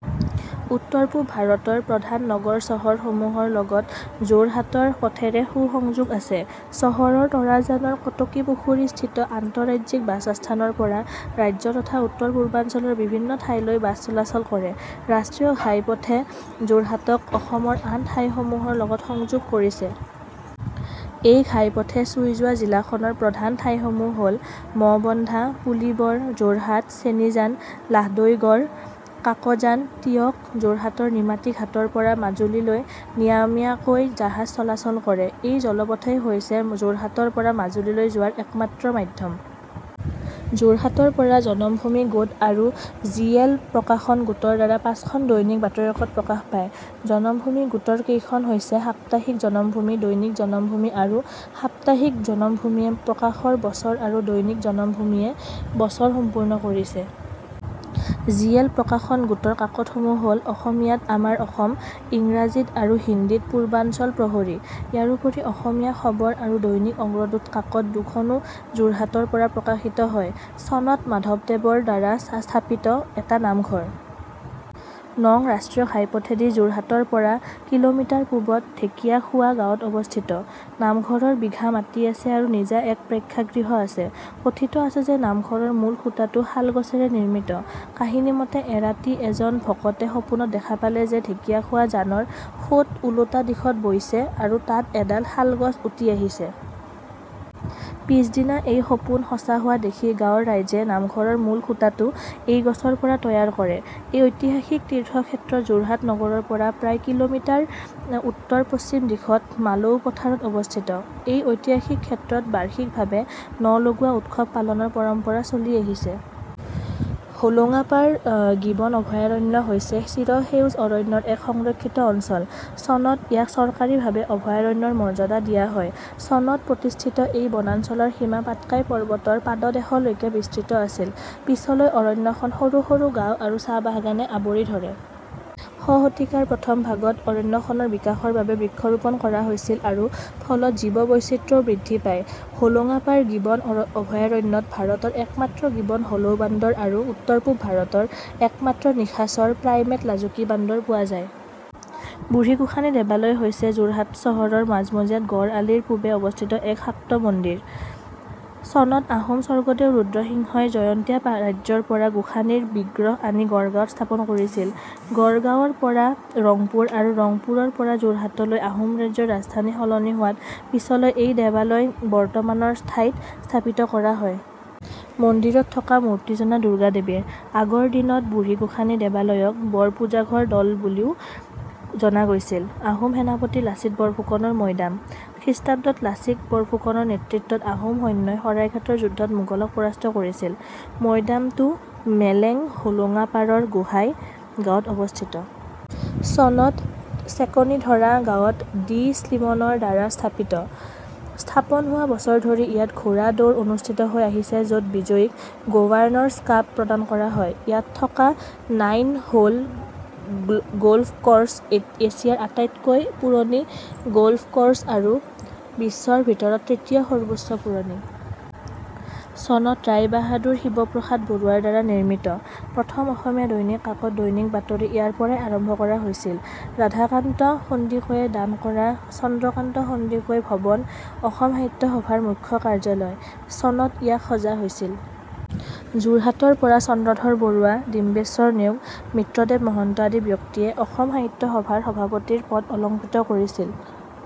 উত্তৰ-পূব ভাৰতৰ প্ৰধান নগৰ-চহৰসমূহৰ লগত যোৰহাটৰ পথেৰে সু-সংযোগ আছে। চহৰৰ তৰাজানৰ কটকীপুখুৰীস্থিত আন্তঃৰাজ্যিক বাছ আস্থানৰ পৰা ৰাজ্য তথা উত্তৰ পূৰ্বাঞ্চলৰ বিভিন্ন ঠাইলৈ বাছ চলাচল কৰে। ৰাষ্ট্ৰীয় ঘাইপথ -এ যোৰহাটক অসমৰ আন ঠাইসমূহৰ লগত সংযোগ কৰিছে। এই ঘাইপথে চুই যোৱা জিলাখনৰ প্ৰধান ঠাইসমূহ হ'ল- মহবন্ধা, পুলিবৰ, যোৰহাট, চেনিজান, লাহদৈগড়, কাকজান, টীয়ক যোৰহাটৰ নিমাতী ঘাট ৰ পৰা মাজুলী লৈ নিয়মীয়াকৈ জাহাজ চলাচল কৰে। এই জলপথেই হৈছে যোৰহাটৰ পৰা মাজুলীলৈ যোৱাৰ একমাত্ৰ মাধ্যম। যোৰহাটৰ পৰা জনমভূমি গোট আৰু জি. এল. প্ৰকাশন গোটৰ দ্বাৰা পাঁচখন দৈনিক বাতৰি কাকত প্ৰকাশ পায়। জনমভূমি গোটৰ কেইখন হৈছে- সাপ্তাহিক জনমভূমি, দৈনিক জনমভূমি আৰু ''। সাপ্তাহিক জনমভূমিয়ে প্ৰকাশৰ বছৰ আৰু দৈনিক জনমভূমিয়ে বছৰ সম্পূৰ্ণ কৰিছে। জি. এল. প্ৰকাশন গোটৰ কাকতসমূহ হ'ল- অসমীয়াত আমাৰ অসম, ইংৰাজীত আৰু হিন্দীত "পূৰ্বাঞ্চল প্ৰহৰী। " ইয়াৰোপৰি অসমীয়া খবৰ আৰু দৈনিক অগ্ৰদূত কাকত দুখনো যোৰহাটৰ পৰা প্ৰকাশিত হয়। চনত মাধৱদেৱ ৰ দ্বাৰা স্থাপিত এটা নামঘৰ। নং ৰাষ্ট্ৰীয় ঘাইপথেদি যোৰহাটৰ পৰা কি:মি: পূবত ঢেঁকীয়াখোৱা গাঁৱত অৱস্থিত। নামঘৰৰ বিঘা মাটি আছে আৰু নিজা এক প্ৰেক্ষাগৃহ আছে। কথিত আছে যে নামঘৰৰ মূল খুঁটাটো শাল গছেৰে নিৰ্মিত। কাহিনীমতে এৰাতি এজন ভকতে সপোনত দেখা পালে যে ঢেঁকীয়াখোৱা জানৰ সোঁত ওলোটা দিশত বৈছে আৰু তাত এডাল শাল গছ উটি আহিছে। পিছদিনা এই সপোন সঁচা হোৱা দেখি গাঁৱৰ ৰাইজে নামঘৰৰ মূল খুঁটাটো এই গছৰ পৰা তৈয়াৰ কৰে। এই ঐতিহাসিক তীৰ্থ ক্ষেত্ৰ যোৰহাট নগৰৰ পৰা প্ৰায় কিল'মিটাৰ উত্তৰ-পশ্চিম দিশত মালৌপথাৰত অৱস্থিত। এই ঐতিহাসিক ক্ষেত্ৰত বাৰ্ষিক ভাৱে 'ন-লগোৱা উৎসৱ' পালনৰ পৰম্পৰা চলি আহিছে। হোলোঙাপাৰ গিবন অভয়াৰণ্য হৈছে চিৰসেউজ অৰণ্যৰ এক সংৰক্ষিত অঞ্চল। চনত ইয়াক চৰকাৰীভাৱে অভয়াৰণ্যৰ মৰ্যাদা দিয়া হয়। চনত প্ৰতিষ্ঠিত এই বনাঞ্চলৰ সীমা পাটকাই পৰ্বতৰ পাদদেশলৈকে বিস্তৃত আছিল। পিছলৈ অৰণ্যখন সৰু সৰু গাঁও আৰু চাহ বাগানে আৱৰি ধৰে। শ শতিকাৰ প্ৰথম ভাগত অৰণ্যখনৰ বিকাশৰ বাবে বৃক্ষৰোপণ কৰা হৈছিল আৰু ফলত জৈৱ বৈচিত্ৰ্য ও বৃদ্ধি পায়। হোলোঙাপাৰ গিবন অভয়াৰণ্যত ভাৰতৰ একমাত্ৰ গিবন হলৌ বান্দৰ আৰু উত্তৰ-পূব ভাৰত ৰ একমাত্ৰ নিশাচৰ প্ৰাইমেট লাজুকী বান্দৰ পোৱা যায়। বুঢ়ীগোসানী দেৱালয় হৈছে যোৰহাট চহৰৰ মাজমজিয়াত গড় আলিৰ পূবে অৱস্থিত এক শাক্ত মন্দিৰ। চনত আহোম স্বৰ্গদেউ ৰুদ্ৰসিংহ ই জয়ন্তীয়া ৰাজ্যৰ পৰা গোসানীৰ বিগ্ৰহ আনি গড়গাঁৱত স্থাপন কৰিছিল। গড়গাঁৱৰ পৰা ৰংপুৰ আৰু ৰংপুৰৰ পৰা যোৰহাটলৈ আহোম ৰাজ্য ৰ ৰাজধানী সলনি হোৱাত পিছলৈ এই দেৱালয় বৰ্তমানৰ ঠাইত স্থাপিত কৰা হয়। মন্দিৰত থকা মূৰ্তিজনা দুৰ্গা দেৱীৰ। আগৰ দিনত বুঢ়ীগোসানী দেৱালয়ক "বৰপূজাঘৰ দ'ল" বুলিও জনা গৈছিল। আহোম সেনাপতি লাচিত বৰফুকন ৰ মৈদাম। খ্ৰীষ্টাব্দত লাচিত বৰফুকনৰ নেতৃত্বত আহোমা সৈন্যই শৰাইঘাটৰ যুদ্ধ ত মোগলক পৰাস্ত কৰিছিল। মৈদামটো মেলেং-হোলোঙাপাৰৰ গোঁহাই গাঁৱত অৱস্থিত। চনত চেকনীধৰা গাঁৱত ডি. স্লিমনৰ দ্বাৰা স্থাপিত। স্থাপন হোৱা বছৰ ধৰি ইয়াত ঘোঁৰা দৌৰ অনুষ্ঠিত হৈ আহিছে য'ত বিজয়ীক "গ'ভাৰ্ণৰছ কাপ" প্ৰদান কৰা হয়। ইয়াত থকা 'নাইন হ'ল গ'ল্ফ ক'ৰ্ছ' এছিয়াৰ আটাইতকৈ পুৰণি গ'ল্ফ ক'ৰ্ছ আৰু বিশ্বৰ ভিতৰত তৃতীয় সৰ্বোচ্চ পুৰণি। চনত ৰায়বাহাদুৰ শিৱপ্ৰসাদ বৰুৱাৰ দ্বাৰা নিৰ্মিত। প্ৰথম অসমীয়া দৈনিক কাকত 'দৈনিক বাতৰি' ইয়াৰপৰাই আৰম্ভ কৰা হৈছিল। ৰাধাকান্ত সন্দিকৈয়ে দান কৰা চন্দ্ৰকান্ত সন্দিকৈ ভৱন অসম সাহিত্য সভা ৰ মুখ্য কাৰ্যালয়। চনত ইয়াক সজা হৈছিল। যোৰহাটৰ পৰা চন্দ্ৰধৰ বৰুৱা, ডিম্বেশ্বৰ নেওগ, মিত্ৰদেৱ মহন্ত আদি ব্যক্তিয়ে অসম সাহিত্য সভাৰ সভাপতিৰ পদ অলঙ্কৃত কৰিছিল।